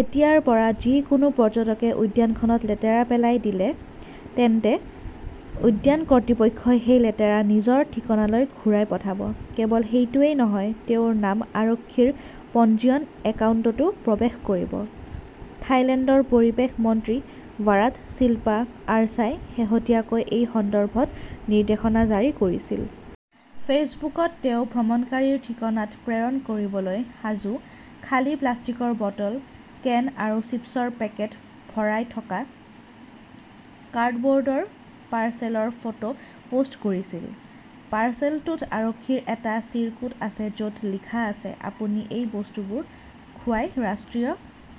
এতিয়াৰ পৰা, যদি কোনো পৰ্যটকে উদ্যানখনত লেতেৰা পেলাই দিয়ে, তেন্তে উদ্যান কৰ্তৃপক্ষই সেই লেতেৰা নিজৰ ঠিকনালৈ ঘূৰাই পঠাব। কেৱল সেইটোৱেই নহয়, তেওঁৰ নাম আৰক্ষীৰ পঞ্জীয়ন একাউণ্টতো প্ৰৱেশ কৰিব। থাইলেণ্ডৰ পৰিৱেশ মন্ত্ৰী ভাৰাট চিল্পা আৰ্চাই শেহতীয়াকৈ এই সন্দৰ্ভত নিৰ্দেশনা জাৰি কৰিছিল। ফেচবুকত তেওঁ ভ্ৰমণকাৰীৰ ঠিকনাত প্ৰেৰণ কৰিবলৈ সাজু খালী প্লাষ্টিকৰ বটল, কেন আৰু চিপছৰ পেকেট ভৰাই থকা কাৰ্ডব'ৰ্ডৰ পাৰ্চেলৰ ফটো পোষ্ট কৰিছিল। পাৰ্চেলটোত আৰক্ষীৰ এটা চিৰকুট আছে য 'ত লিখা আছে,' আপুনি এই বস্তুবোৰ খো য়াই ৰাষ্ট্ৰীয়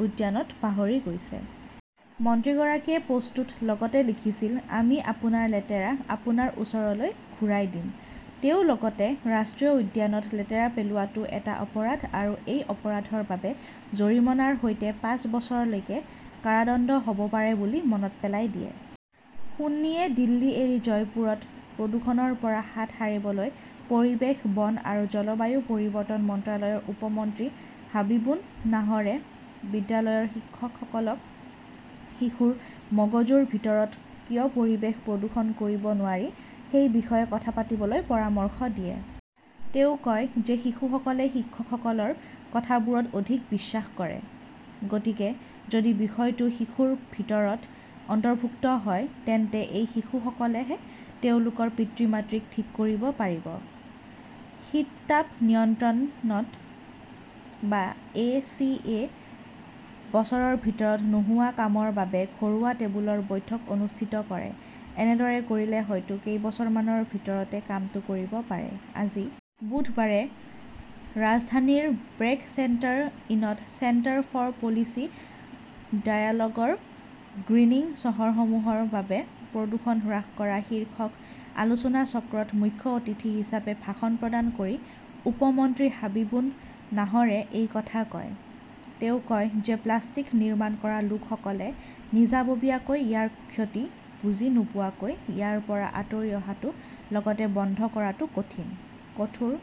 উদ্যানত পাহৰি গৈছে '। মন্ত্ৰীগৰাকীয়ে পোষ্টটোত লগতে লিখিছিল, "আমি আপোনাৰ লেতেৰা আপোনাৰ ওচৰলৈ ঘূৰাই দিম। "তেওঁ লগতে ৰাষ্ট্ৰীয় উদ্যানত লেতেৰা পেলোৱাটো এটা অপৰাধ আৰু এই অপৰাধৰ বাবে জৰিমনাৰ সৈতে পাঁচ বছৰলৈকে কাৰাদণ্ড হ'ব পাৰে বুলি মনত পেলাই দিয়ে। সুন্নীয়ে দিল্লী এৰি জয়পুৰত প্ৰদূষণৰ পৰা হাত সাৰিবলৈ পৰিৱেশ, বন আৰু জলবায়ু পৰিৱৰ্তন মন্ত্ৰালয়ৰ উপ মন্ত্ৰী হাবিবুন নাহৰে বিদ্যালয়ৰ শিক্ষকসকলক শিশুৰ মগজুৰ ভিতৰত কিয় পৰিৱেশ প্ৰদূষণ কৰিব নোৱাৰি সেই বিষয়ে কথা পাতিবলৈ পৰামৰ্শ দিয়ে। তেওঁ কয় যে শিশুসকলে শিক্ষকসকলৰ কথাবোৰত অধিক বিশ্বাস কৰে। গতিকে যদি বিষয়টো শিশুৰ ভিতৰত অন্তৰ্ভুক্ত হয়, তেন্তে এই শিশুসকলেহে তেওঁলোকৰ পিতৃ-মাতৃক ঠিক কৰিব পাৰিব। শীতাতপ নিয়ন্ত্ৰিত বা এ. চি. -য়ে বছৰৰ ভিতৰত নোহোৱা কামৰ বাবে ঘৰুৱা টেবুলৰ বৈঠক অনুষ্ঠিত কৰে, এনেদৰে কৰিলে হয়তো কেইবছৰমানৰ ভিতৰতে কামটো কৰিব পাৰে। আজি বুধবাৰে ৰাজধানীৰ ব্ৰেক চেণ্টাৰ ইনত চেণ্টাৰ ফৰ পলিচি ডায়ালগ ৰ 'গ্ৰীণিং চহৰসমূহৰ বাবে প্ৰদূষণ হ্ৰাস কৰা শীৰ্ষক আলোচনাচক্ৰত মুখ্য অতিথি হিচাপে ভাষণ প্ৰদান কৰি উপ-মন্ত্ৰী হাবিবুন নাহৰে এই কথা কয়। তেওঁ কয় যে প্লাষ্টিক নিৰ্মাণ কৰা লোকসকলে নিজাববীয়াকৈ ইয়াৰ ক্ষতি বুজি নোপোৱাকৈ ইয়াৰ পৰা আঁতৰি অহাটো লগতে বন্ধ কৰাটো কঠিন। কোঠাৰ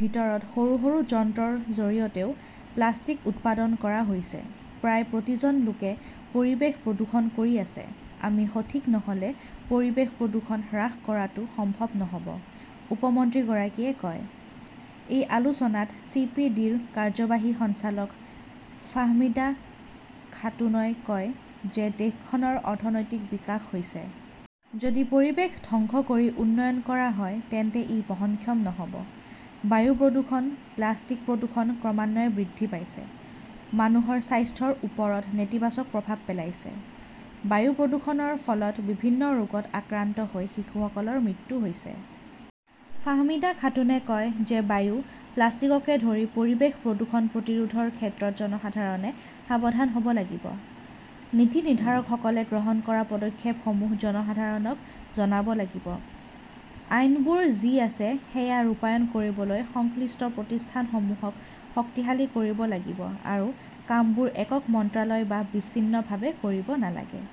ভিতৰত সৰু সৰু যন্ত্ৰৰ জৰিয়তেও প্লাষ্টিক উৎপাদন কৰা হৈছে। প্ৰায় প্ৰতিজন লোকে পৰিৱেশ প্ৰদূষণ কৰি আছে, আমি সঠিক নহ'লে পৰিৱেশ প্ৰদূষণ হ্ৰাস কৰাটো সম্ভৱ নহ'ব, উপ- মন্ত্ৰীগৰাকীয়ে কয়। এই আলোচনাত চি. পি. ডি. -ৰ কাৰ্যবাহী সঞ্চালক ফাহমিদা খাতুনই কয় যে দেশখনৰ অৰ্থনৈতিক বিকাশ হৈছে। যদি পৰিৱেশ ধ্বংস কৰি উন্নয়ন কৰা হয় তেন্তে ই বহনক্ষম নহ'ব। বায়ু প্ৰদূষণ, প্লাষ্টিক প্ৰদূষণ ক্ৰমান্বয়ে বৃদ্ধি পাইছে। মানুহৰ স্বাস্থ্যৰ ওপৰত নেতিবাচক প্ৰভাৱ পেলাইছে। বায়ু প্ৰদূষণৰ ফলত বিভিন্ন ৰোগত আক্ৰান্ত হৈ শিশুসকলৰ মৃত্যু হৈছে। ফাহমিদা খাতুনে কয় যে বায়ু, প্লাষ্টিককে ধৰি পৰিৱেশ প্ৰদূষণ প্ৰতিৰোধৰ ক্ষেত্ৰত জনসাধাৰণে সাৱধান হ'ব লাগিব। নীতি নিৰ্ধাৰকসকলে গ্ৰহণ কৰা পদক্ষেপসমূহ জনসাধাৰণক জনাব লাগিব। আইনবোৰ যি আছে সেয়া ৰূপায়ণ কৰিবলৈ সংশ্লিষ্ট প্ৰতিষ্ঠানসমূহক শক্তিশালী কৰিব লাগিব আৰু কামবোৰ একক মন্ত্ৰালয় বা বিচ্ছিন্নভাৱে কৰিব নালাগে।